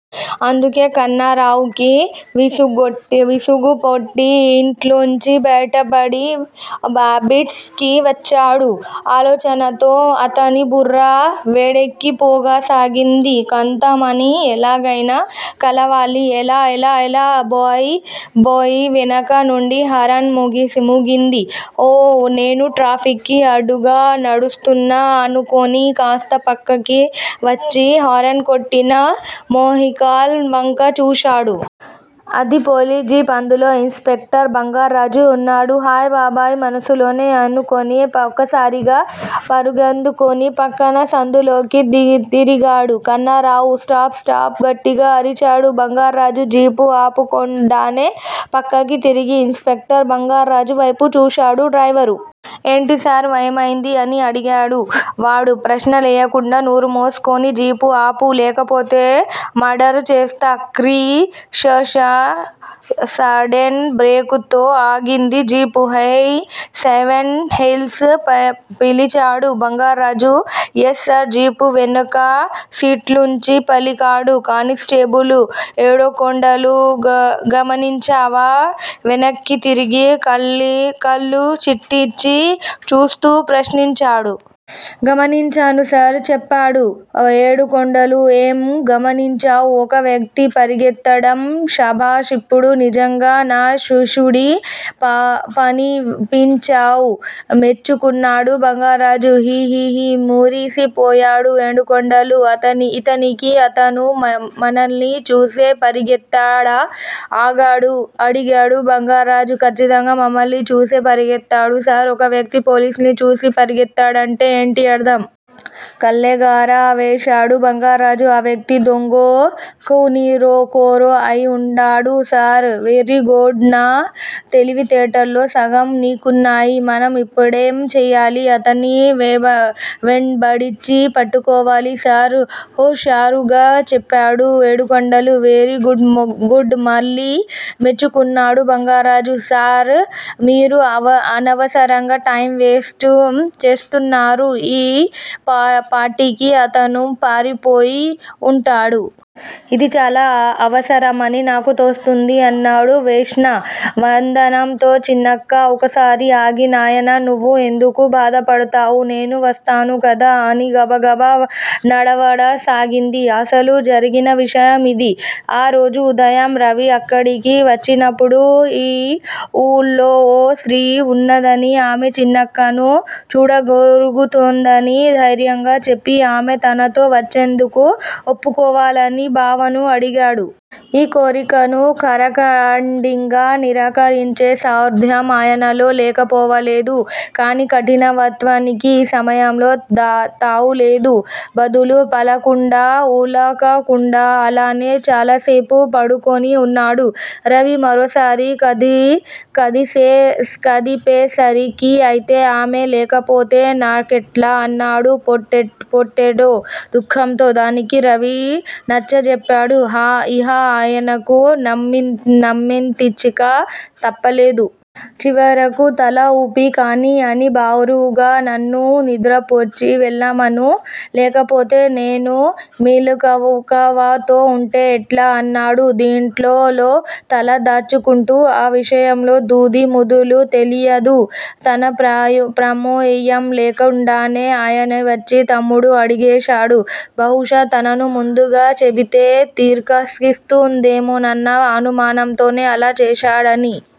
అందుకే కన్నరావుకి విసుగు పుట్టి యింట్లోంచి బయటపడి అబిడ్స్ కి వచ్చాడు. ఆలోచనలతో అతని బుర్ర వేడెక్కి పోసాగింది. కాంతామణి ఎలాగ్తెనా కలవాలి! ఎలా? ఎలా? ఎలా! బోయ్ బోయి వెనక నుండి హరన్ మోగింది. ఓహ్ నేను ట్రాఫిక్ కి అడ్డుగా నడుస్తున్నా అనుకుని కాస్త పక్కకి వచ్చి హరన్ కొట్టిన వెహికల్ వంక చూశాడు. అది పోలిస్ జిప్. అందులో ఇన్ స్పెక్టర్ బంగార్రాజు ఉన్నాడు. హయ్యబాబోయ్ మనసులోనే అనుకుని ఒక్కసారిగా పరుగందుకుని పక్క సందులోకి తిరిగాడు కన్నారావు. స్టాప్- స్టాప్ స్టాప్ గట్టిగా అరిచాడు బంగార్రాజు. జీపు ఆపకుండానే పక్కకి తిరిగి ఇన్స్ స్పెక్టర్ బంగార్ర్రాజు వ్తెపు చూశాడు డ్రైవరు. ఎంటిసార్? ఏమ్తెంది?? అని అడిగాడు వాడు. ప్రశ్నలేయ్యకుండా నోర్ముసుకుని జీపు ఆపు. లేకపోతే మర్డరు చేస్తా క్రి షషష సడెన్ బ్రేకుతో ఆగింది జీపు. ఏయ్ సెవెన్ హిల్స్! పిలిచాడు బంగార్రాజు. యస్ సార్ జీపు వెనక సీట్లోంచి పలికాడు కానిస్టేబులు ఏడుకొండలు. గమనించావా? వెనక్కి తిరిగి కళ్ళుచిట్లించి చూస్తూ ప్రశ్నించాడు. గమనించాను సార్ చెప్పాడు ఏడుకొండలు. ఏం గమనించావ్? ఒక వ్యక్తి పరిగెత్తడం శభాష్ ఇప్పుడు నిజంగా నా శిష్యుడి వనిపించావ్ మెచ్చుకున్నాడు బంగార్రాజు. హిహిహి మురిసిపోయాడు ఏడుకొండలు. ఇంతకి అతను మనల్ని చూసే పరిగెత్తడా? అడిగాడు బంగార్రాజు. కచ్చితంగా మనల్ని చూసే పరిగెత్తాడు సార్ ఒక వ్యక్తి పోలిసుల్ని చూసి పరిగేత్తడంటే ఏంటి అర్ధం? కళ్ళేగర వేశాడు బంగార్రాజు. ఆ వ్యక్తి దొంగో, ఖూనికోరో అయి ఉంటాడు సార్ వెర్రి గుడ్ నా తెలివితేటల్లో సగం నికున్నాయి, మనం ఇప్పడేం చెయ్యాలి! అతన్ని వెంబడించి పట్టుకోవాలి సార్ హుషారుగా చెప్పాడు ఏడుకొండలు. వెర్రి గుడ్ మళ్ళి మెచ్చుకున్నాడు బంగార్రాజు. సార్! మీరు అనవసరంగా టైమ్ వేస్తూ చేస్తున్నారు, ఈపాటికి అతను పారిపోయే ఉంటాడు. ఇది చాలా అవసరమని నాకు తోస్తోంది అన్నాడు విషణ్ణ వదనంతో. చిన్నక్క ఒక్కసారి ఆగి నాయనా! నువ్వు ఎందుకు బాధపడతావు? నేను వస్తున్నాను కదా! అని గబగబా నడవసాగింది. అసలు జరిగిన విషయం ఇది. ఆరోజు ఉదయం రవి అక్కడికి వచ్చినప్పుడు ఈ ఊళ్ళో ఓ స్త్రీ వున్నదనీ, ఆమె చిన్నక్కను చూడగోరుతుందనీ ధైర్యంగా చెప్పి, ఆమె తనతో వచ్చేందుకు ఒప్పుకోవాలని బావను అడిగాడు. ఈ కోరికను ఖరాఖండిగా నిరాకరించే స్వార్ధం ఆయనలో లేకపోలేదు. కానీ కఠినత్వానికి ఈ సమయంలో తావులేదు. బదులు పలకకుండా, ఉలకకుండా అలానే చాలాసేపు పడుకుని వున్నాడు. రవి మరోసారి కదిపేసరికిఅయితే, ఆమె లేకపోతే నాకెట్లా? అన్నాడు పుట్టెడు దుఃఖంతో. దానికి రవి నచ్చజెప్పాడు. ఇహ ఆయనకు సమ్మతించక తప్పలేదు. చివరకు తల ఊపి కానీ అని బరువుగా నన్ను నిద్రపుచ్చి వెళ్ళమను. లేకపోతే నేను మెలకువతో వుంటే ఎట్లా? అన్నాడు దిండులో తల దాచుకుంటూ. ఆ విషయంలో తుదీ మొదలూ తెలియలేదు. తన ప్రమేయంలేకుండానే ఆయన్ని వచ్చి తమ్ముడు అడిగేశాడు. బహుశా తనకు ముందుగా చెబితే తిరస్కరిస్తుందేమోనన్న అనుమానంతో అలా చేశాడని